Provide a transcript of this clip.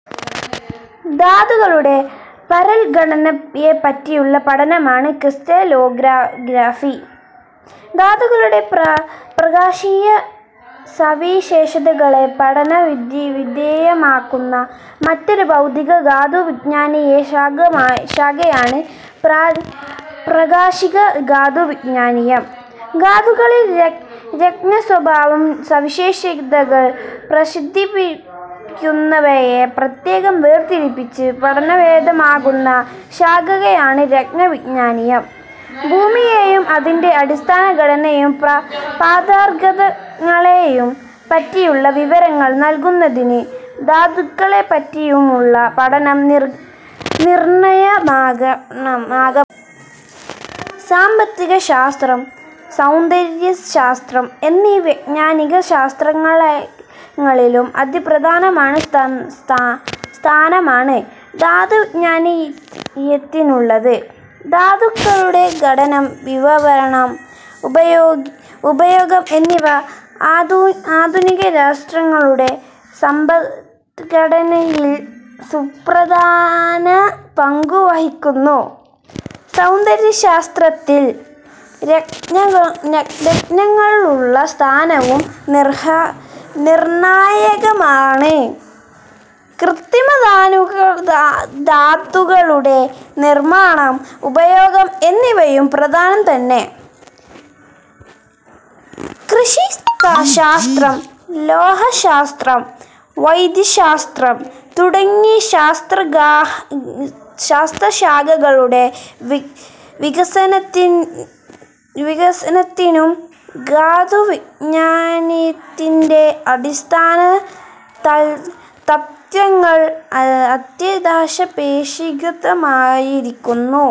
ധാതുക്കളുടെ പരൽഘടനയെപ്പറ്റിയുള്ള പഠനമാണ് ക്രിസ്റ്റലോഗ്രഫി. ധാതുക്കളുടെ പ്രകാശീയ സവിശേഷതകളെ പഠനവിധേയമാക്കുന്ന മറ്റൊരു ഭൗതിക ധാതു വിജ്ഞാനീയ ശാഖയാണ് പ്രകാശിക ധാതുവിജ്ഞാനീയം. ധാതുക്കളിൽ രത്ന സ്വഭാവ സവിശേഷതകൾ പ്രദർശിപ്പിക്കുന്നവയെ പ്രത്യേകം വേർതിരിച്ച് പഠനവിധേയമാക്കുന്ന ശാഖയാണ് രത്ന വിജ്ഞാനീയം. ഭൂമിയെയും അതിന്റെ അടിസ്ഥാന ഘടക പദാർഥങ്ങളെയും പറ്റിയുള്ള വിവരങ്ങൾ നല്കുന്നതിന് ധാതുക്കളെപ്പറ്റിയുമുള്ള പഠനം നിർണായകമാണ്. സാമ്പത്തിക ശാസ്ത്രം, സൗന്ദര്യ ശാസ്ത്രം എന്നീ വൈജ്ഞാനിക ശാസ്ത്രശാഖകളിലും അതിപ്രധാനമായ സ്ഥാനമാണ് ധാതുവിജ്ഞാനീയത്തിനുള്ളത്. ധാതുക്കളുടെ ഖനനം, വിപണനം, ഉപയോഗം എന്നിവ ആധുനിക രാഷ്ട്രങ്ങളുടെ സമ്പദ്ഘടനയിൽ സുപ്രധാന പങ്കുവഹിക്കുന്നു. സൗന്ദര്യശാസ്ത്രത്തിൽ രത്നങ്ങൾക്കുള്ള സ്ഥാനവും നിർണായകമാണ്. കൃത്രിമ ധാതുക്കളുടെ നിർമ്മാണം, ഉപയോഗം എന്നിവയും പ്രധാനം തന്നെ. കൃഷിശാസ്ത്രം, ലോഹശാസ്ത്രം, വൈദ്യശാസ്ത്രം തുടങ്ങിയ ശാസ്ത്രശാഖകളുടെ വികസനത്തിനും ധാതുവിജ്ഞാനീയത്തിന്റെ അടിസ്ഥാന തത്ത്വങ്ങൾ അത്യന്താപേക്ഷിതമായിരിക്കുന്നു.